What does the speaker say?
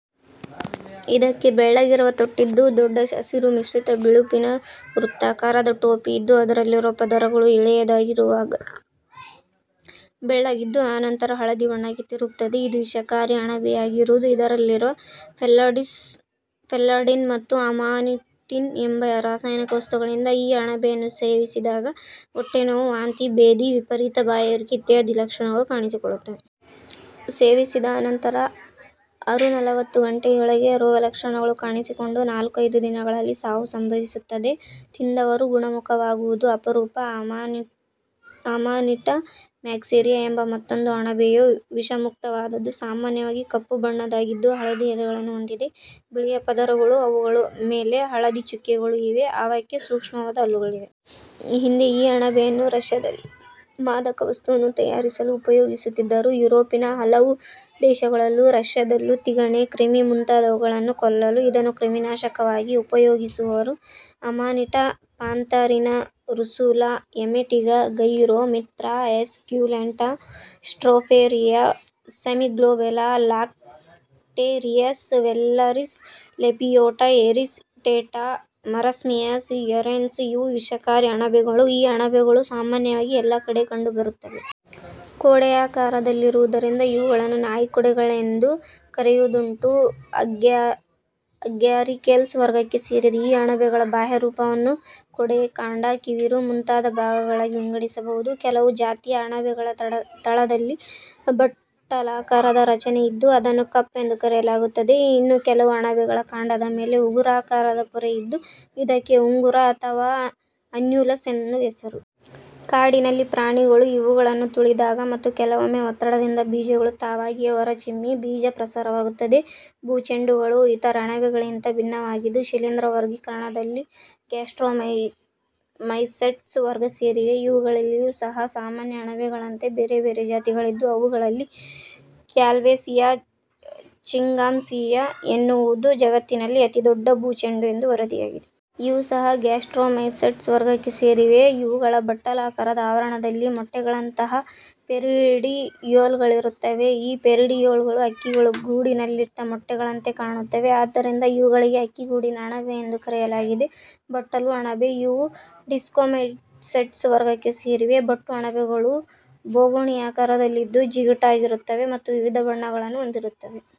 ಇದಕ್ಕೆ ಬೆಳ್ಳಗಿರುವ ತೊಟ್ಟಿದ್ದು, ದೊಡ್ಡ ಹಸಿರು ಮಿಶ್ರಿತ ಬಿಳುಪಿನ ವೃತ್ತಾಕಾರದ ಟೋಪಿಯಿದ್ದು ಅದರಲ್ಲಿರುವ ಪದರಗಳು ಎಳೆಯದಾಗಿರುವಾಗ ಬೆಳ್ಳಗಿದ್ದು ಅನಂತರ ಹಳದಿ ಬಣ್ಣಕ್ಕೆ ತಿರುಗುತ್ತದೆ. ಇದು ವಿಷಕಾರಿ ಅಣಬೆಯಾಗಿರುವುದು ಇದರಲ್ಲಿರುವ ಫೆಲ್ಲಾಡಿನ್ ಮತ್ತು ಅಮಾನಿಟೀನ್ ಎಂಬ ರಾಸಾಯನಿಕ ವಸ್ತುಗಳಿಂದ. ಈ ಅಣಬೆಯನ್ನು ಸೇವಿಸಿದಾಗ ಹೊಟ್ಟೆನೋವು, ವಾಂತಿ, ಭೇದಿ, ವಿಪರೀತ ಬಾಯಾರಿಕೆ ಇತ್ಯಾದಿ ಲಕ್ಷಣಗಳು ಕಾಣಿಸಿಕೊಳ್ಳುತ್ತವೆ. ಸೇವಿಸಿದ ಅನಂತರ ಅರು -ನಲವತ್ತು ಗಂಟೆಯೊಳಗೆ ರೋಗಲಕ್ಷಣಗಳು ಕಾಣಿಸಿಕೊಂಡು ನಾಲ್ಕು -ಐದು ದಿನಗಳಲ್ಲಿ ಸಾವು ಸಂಭವಿಸುತ್ತದೆ. ತಿಂದವರು ಗುಣಮುಖವಾಗುವುದು ಅಪರೂಪ. ಅಮಾನಿಟ ಮ್ಯಾಕ್ಸೆರಿಯಾ ಎಂಬ ಮತ್ತೊಂದು ಅಣಬೆಯೂ ವಿಷಯುಕ್ತವಾದದು. ಸಾಮಾನ್ಯವಾಗಿ ಕಪ್ಪು ಬಣ್ಣದ್ದಾಗಿದ್ದು, ಹಳದಿ ಎಲೆಗಳನ್ನು ಹೊಂದಿದೆ. ಬಿಳಿಯ ಪದರಗಳೂ ಅವುಗಳ ಮೇಲೆ ಹಳದಿ ಚುಕ್ಕೆಗಳೂ ಇವೆ; ಅವಕ್ಕೆ ಸೂಕ್ಷ್ಮವಾದ ಹಲ್ಲುಗಳಿವೆ. ಹಿಂದೆ ಈ ಅಣಬೆಯನ್ನು ರಷ್ಯದಲ್ಲಿ ಮಾದಕ ವಸ್ತುವನ್ನು ತಯಾರಿಸಲು ಉಪಯೋಗಿಸುತ್ತಿದ್ದರು. ಯೂರೋಪಿನ ಹಲವು ದೇಶಗಳಲ್ಲೂ ರಷ್ಯದಲ್ಲೂ ತಿಗಣೆ, ಕ್ರಿಮಿ ಮುಂತಾದುವುಗಳನ್ನು ಕೊಲ್ಲಲು ಇದನ್ನು ಕ್ರಿಮಿನಾಶಕವಾಗಿ ಉಪಯೋಗಿಸುವರು. Amanita pantherina, Russula emetica, Gyromitra esculenta, Stropharia semiglobata, Lactarius vellereus, Lepiota cristata, Marasmius ಯರೆನ್ಸ್-ಇವು ವಿಷಕಾರಿ ಅಣಬೆಗಳು. ಈ ಅಣಬೆಗಳು ಸಾಮಾನ್ಯವಾಗಿ ಎಲ್ಲಾ ಕಡೆ ಕಂಡು ಬರುತ್ತವೆ. ಕೊಡೆಯಾಕಾರದಲ್ಲಿರುವುದರಿಂದ ಇವುಗಳನ್ನು ನಾಯಿಕೊಡೆಗಳೆಂದು ಕರೆಯುವುದುಂಟು. ಅಗ್ಯಾರಿಕೇಲ್ಸ್ ವರ್ಗಕ್ಕೆ ಸೇರಿದ ಈ ಅಣಬೆಗಳ ಬಾಹ್ಯರೂಪವನ್ನು ಕೊಡೆ, ಕಾಂಡ, ಕಿವಿರು ಮುಂತಾದ ಭಾಗಗಳಾಗಿ ವಿಂಗಡಿಸಬಹುದು. ಕೆಲವು ಜಾತಿಯ ಅಣಬೆಗಳ ತಳದಲ್ಲಿ ಬಟ್ಟಲಾಕಾರದ ರಚನೆಯಿದ್ದು ಅದನ್ನು ಕಪ್ ಎಂದು ಕರೆಯಲಾಗುತ್ತದೆ. ಇನ್ನು ಕೆಲವು ಅಣಬೆಗಳ ಕಾಂಡದ ಮೇಲೆ ಉಂಗುರಾಕಾರದ ಪೊರೆಯಿದ್ದು ಇದಕ್ಕೆ ಉಂಗುರ ಅಥವಾ ಅನ್ಯುಲಸ್ ಎಂದು ಹೆಸರು. ಕಾಡಿನಲ್ಲಿ ಪ್ರಾಣಿಗಳು ಇವುಗಳನ್ನು ತುಳಿದಾಗ ಮತ್ತು ಕೆಲವೊಮ್ಮೆ ಒತ್ತಡದಿಂದ ಬೀಜಗಳು ತಾವಾಗಿಯೇ ಹೊರಚಿಮ್ಮಿ ಬೀಜ ಪ್ರಸಾರವಾಗುತ್ತದೆ. ಭೂ ಚೆಂಡುಗಳು ಇತರೆ ಅಣಬೆಗಳಿಗಿಂತ ಭಿನ್ನವಾಗಿದ್ದು, ಶಿಲೀಂಧ್ರ ವರ್ಗೀಕರಣದಲ್ಲಿ ಗ್ಯಾಸ್ಟ್ರೊಮೈಸೆಟ್ಸ್ ವರ್ಗಕ್ಕೆ ಸೇರಿವೆ. ಇವುಗಳಲ್ಲಿಯೂ ಸಹ ಸಾಮಾನ್ಯ ಅಣಬೆಗಳಂತೆ ಬೇರೆ ಬೇರೆ ಜಾತಿಗಳಿದ್ದು, ಅವುಗಳಲ್ಲಿ ಕ್ಯಾಲ್ವೇಸಿಯಾ ಜಿಂಗಾಂಸಿಯಾ ಎನ್ನುವುದು ಜಗತ್ತಿನಲ್ಲಿ ಅತಿದೊಡ್ಡ ಭೂಚೆಂಡು ಎಂದು ವರದಿಯಾಗಿದೆ. ಇವು ಸಹ ಗ್ಯಾಸ್ಟ್ರೋ ಮೈಸೆಟ್ಸ್ ವರ್ಗಕ್ಕೆ ಸೇರಿವೆ. ಇವುಗಳ ಬಟ್ಟಲಾಕಾರದ ಆವರಣದಲ್ಲಿ ಮೊಟ್ಟೆಗಳಂತಹ ಪೆರಿಡಿಯೋಲ್ಗಳಿರುತ್ತವೆ. ಈ ಪೆರಿಡಿಯೋಲ್ಗಳು ಹಕ್ಕಿಗಳು ಗೂಡಿನಲ್ಲಿಟ್ಟ ಮೊಟ್ಟೆಗಳಂತೆ ಕಾಣುತ್ತವೆ. ಆದ್ದರಿಂದ ಇವುಗಳಿಗೆ ಹಕ್ಕಿ ಗೂಡಿನ ಅಣಬೆ ಎಂದು ಕರೆಯಲಾಗಿದೆ. ಬಟ್ಟಲು ಅಣಬೆ: ಇವು ಡಿಸ್ಕೋಮೈಸೆಟ್ಸ್ ವರ್ಗಕ್ಕೆ ಸೇರಿವೆ. ಬಟ್ಟು ಅಣಬೆಗಳು ಬೋಗುಣಿಯಾಕಾರದಲ್ಲಿದ್ದು, ಜಿಗುಟಾಗಿರುತ್ತವೆ ಮತ್ತು ವಿವಿಧ ಬಣ್ಣಗಳನ್ನು ಹೊಂದಿರುತ್ತವೆ.